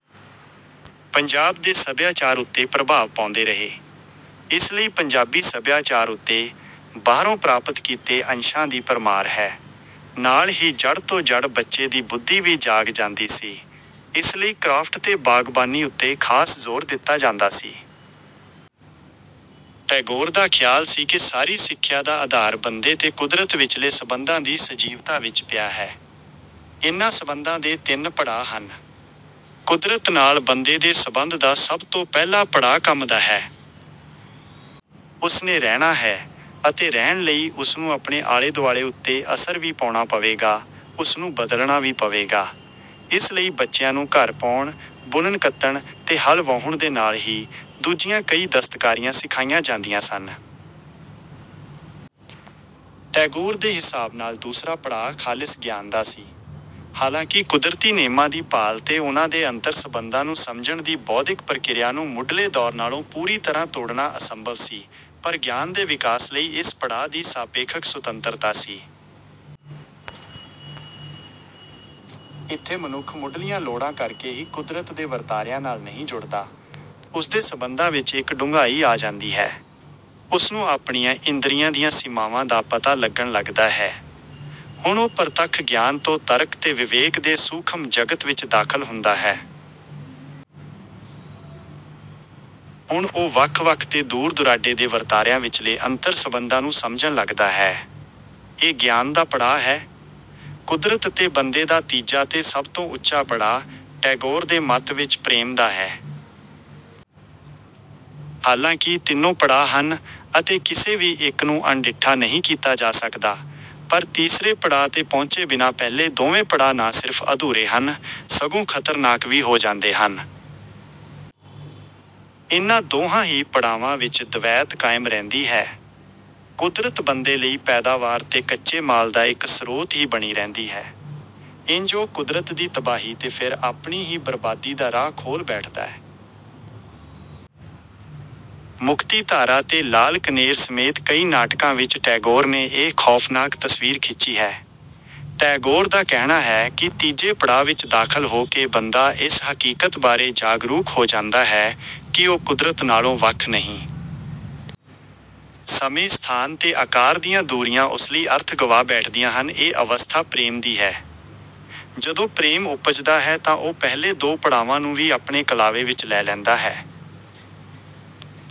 ਪੰਜਾਬ ਦੇ ਸਭਿਆਚਾਰ ਉੱਤੇ ਪ੍ਰਭਾਵ ਪਾਉਂਦੇ ਰਹੇ। ਇਸ ਲਈ ਪੰਜਾਬੀ ਸਭਿਆਚਾਰ ਉੱਤੇ ਬਾਹਰੋਂ ਪ੍ਰਾਪਤ ਕੀਤੇ ਅੰਸ਼ਾਂ ਦੀ ਭਰਮਾਰ ਹੈ। ਨਾਲ ਹੀ ਜੜ੍ਹ ਤੋਂ ਜੜ੍ਹ ਬੱਚੇ ਦੀ ਬੁੱਧੀ ਵੀ ਜਾਗ ਜਾਂਦੀ ਸੀ। ਇਸ ਲਈ ਕ੍ਰਾਫਟ ਤੇ ਬਾਗਬਾਨੀ ਉੱਤੇ ਖਾਸ ਜ਼ੋਰ ਦਿੱਤਾ ਜਾਂਦਾ ਸੀ। ਟੈਗੋਰ ਦਾ ਖ਼ਿਆਲ ਸੀ ਕਿ ਸਾਰੀ ਸਿੱਖਿਆ ਦਾ ਆਧਾਰ ਬੰਦੇ ਤੇ ਕੁਦਰਤ ਵਿਚਲੇ ਸੰਬੰਧਾਂ ਦੀ ਸਜੀਵਤਾ ਵਿੱਚ ਪਿਆ ਹੈ। ਇਨ੍ਹਾਂ ਸੰਬੰਧਾਂ ਦੇ ਤਿੰਨ ਪੜਾਅ ਹਨ। ਕੁਦਰਤ ਨਾਲ ਬੰਦੇ ਦੇ ਸੰਬੰਧ ਦਾ ਸਭ ਤੋਂ ਪਹਿਲਾ ਪੜਾਅ ‘ਕੰਮ’ ਦਾ ਹੈ। ਉਸ ਨੇ ਰਹਿਣਾ ਹੈ ਅਤੇ ਰਹਿਣ ਲਈ ਉਸਨੂੰ ਆਪਣੇ ਆਲੇ-ਦੁਆਲੇ ਉੱਤੇ ਅਸਰ ਵੀ ਪਾਉਣਾ ਪਵੇਗਾ, ਉਸਨੂੰ ਬਦਲਣਾ ਵੀ ਪਵੇਗਾ। ਇਸ ਲਈ ਬੱਚਿਆਂ ਨੂੰ ਘਰ ਪਾਉਣ, ਬੁਣਨ-ਕੱਤਣ ਤੇ ਹਲ ਵਾਹੁਣ ਦੇ ਨਾਲ ਹੀ ਦੂਜੀਆਂ ਕਈ ਦਸਤਕਾਰੀਆਂ ਸਿਖਾਈਆਂ ਜਾਂਦੀਆਂ ਸਨ। ਟੈਗੋਰ ਦੇ ਹਿਸਾਬ ਨਾਲ ਦੂਸਰਾ ਪੜਾਅ ਖ਼ਾਲਿਸ ਗਿਆਨ ਦਾ ਸੀ। ਹਾਲਾਂਕਿ ਕੁਦਰਤੀ ਨੇਮਾਂ ਦੀ ਭਾਲ ਤੇ ਉਨ੍ਹਾਂ ਦੇ ਅੰਤਰ-ਸੰਬੰਧਾਂ ਨੂੰ ਸਮਝਣ ਦੀ ਬੌਧਿਕ ਪ੍ਰਕਿਰਿਆ ਨੂੰ ਮੁੱਢਲੇ ਦੌਰ ਨਾਲੋਂ ਪੂਰੀ ਤਰ੍ਹਾਂ ਤੋੜਣਾ ਅਸੰਭਵ ਸੀ, ਪਰ ਗਿਆਨ ਦੇ ਵਿਕਾਸ ਲਈ ਇਸ ਪੜਾਅ ਦੀ ਸਾਪੇਖਕ ਸੁਤੰਤਰਤਾ ਸੀ। ਇੱਥੇ ਮਨੁੱਖ ਮੁੱਢਲੀਆਂ ਲੋੜਾਂ ਕਰਕੇ ਹੀ ਕੁਦਰਤ ਦੇ ਵਰਤਾਰਿਆਂ ਨਾਲ ਨਹੀਂ ਜੁੜਦਾ, ਉਸਦੇ ਸੰਬੰਧਾਂ ਵਿੱਚ ਇੱਕ ਡੂੰਘਾਈ ਆ ਜਾਂਦੀ ਹੈ। ਉਸਨੂੰ ਆਪਣੀਆਂ ਇੰਦਰੀਆਂ ਦੀਆਂ ਸੀਮਾਵਾਂ ਦਾ ਪਤਾ ਲੱਗਣ ਲੱਗਦਾ ਹੈ। ਹੁਣ ਉਹ ਪ੍ਰਤੱਖ ਗਿਆਨ ਤੋਂ ਤਰਕ ਤੇ ਵਿਵੇਕ ਦੇ ਸੂਖਮ ਜਗਤ ਵਿੱਚ ਦਾਖ਼ਲ ਹੁੰਦਾ ਹੈ। ਹੁਣ ਉਹ ਵੱਖ-ਵੱਖ ਤੇ ਦੂਰ-ਦੁਰਾਡੇ ਦੇ ਵਰਤਾਰਿਆਂ ਵਿਚਲੇ ਅੰਤਰ-ਸੰਬੰਧਾਂ ਨੂੰ ਸਮਝਣ ਲੱਗਦਾ ਹੈ। ਇਹ ਗਿਆਨ ਦਾ ਪੜਾਅ ਹੈ। ਕੁਦਰਤ ਤੇ ਬੰਦੇ ਦਾ ਤੀਜਾ ਤੇ ਸਭ ਤੋਂ ਉੱਚਾ ਪੜਾਅ, ਟੈਗੋਰ ਦੇ ਮੱਤ ਵਿੱਚ, ਪ੍ਰੇਮ ਦਾ ਹੈ। ਹਾਲਾਂਕਿ ਤਿੰਨੋਂ ਪੜਾਅ ਹਨ ਅਤੇ ਕਿਸੇ ਵੀ ਇੱਕ ਨੂੰ ਅਣਡਿੱਠਾ ਨਹੀਂ ਕੀਤਾ ਜਾ ਸਕਦਾ, ਪਰ ਤੀਸਰੇ ਪੜਾਅ ’ਤੇ ਪਹੁੰਚੇ ਬਿਨਾਂ ਪਹਿਲੇ ਦੋਵੇਂ ਪੜਾਅ ਨਾ ਸਿਰਫ਼ ਅਧੂਰੇ ਹਨ, ਸਗੋਂ ਖ਼ਤਰਨਾਕ ਵੀ ਹੋ ਜਾਂਦੇ ਹਨ। ਇਹਨਾਂ ਦੋਹਾਂ ਹੀ ਪੜਾਵਾਂ ਵਿੱਚ ਦਵੈਤ ਕਾਇਮ ਰਹਿੰਦੀ ਹੈ। ਕੁਦਰਤ ਬੰਦੇ ਲਈ ਪੈਦਾਵਾਰ ਤੇ ਕੱਚੇ ਮਾਲ ਦਾ ਇੱਕ ਸਰੋਤ ਹੀ ਬਣੀ ਰਹਿੰਦੀ ਹੈ। ਇੰਜ ਉਹ ਕੁਦਰਤ ਦੀ ਤਬਾਹੀ ਤੇ ਫਿਰ ਆਪਣੀ ਹੀ ਬਰਬਾਦੀ ਦਾ ਰਾਹ ਖੋਲ੍ਹ ਬੈਠਦਾ ਹੈ। ‘ਮੁਕਤੀਧਾਰਾ’ ਤੇ ‘ਲਾਲ ਕਨੇਰ’ ਸਮੇਤ ਕਈ ਨਾਟਕਾਂ ਵਿੱਚ ਟੈਗੋਰ ਨੇ ਇਹ ਖ਼ੌਫ਼ਨਾਕ ਤਸਵੀਰ ਖਿੱਚੀ ਹੈ। ਟੈਗੋਰ ਦਾ ਕਹਿਣਾ ਹੈ ਕਿ ਤੀਜੇ ਪੜਾਅ ਵਿੱਚ ਦਾਖ਼ਲ ਹੋ ਕੇ ਬੰਦਾ ਇਸ ਹਕੀਕਤ ਬਾਰੇ ਜਾਗਰੂਕ ਹੋ ਜਾਂਦਾ ਹੈ ਕਿ ਉਹ ਕੁਦਰਤ ਨਾਲੋਂ ਵੱਖ ਨਹੀਂ। ਸਮੇਂ, ਸਥਾਨ ਤੇ ਆਕਾਰ ਦੀਆਂ ਦੂਰੀਆਂ ਉਸ ਲਈ ਅਰਥ ਗਵਾ ਬੈਠਦੀਆਂ ਹਨ—ਇਹ ਅਵਸਥਾ ਪ੍ਰੇਮ ਦੀ ਹੈ। ਜਦੋਂ ਪ੍ਰੇਮ ਉਪਜਦਾ ਹੈ ਤਾਂ ਉਹ ਪਹਿਲੇ ਦੋ ਪੜਾਵਾਂ ਨੂੰ ਵੀ ਆਪਣੇ ਕਲਾਵੇ ਵਿੱਚ ਲੈ ਲੈਂਦਾ ਹੈ।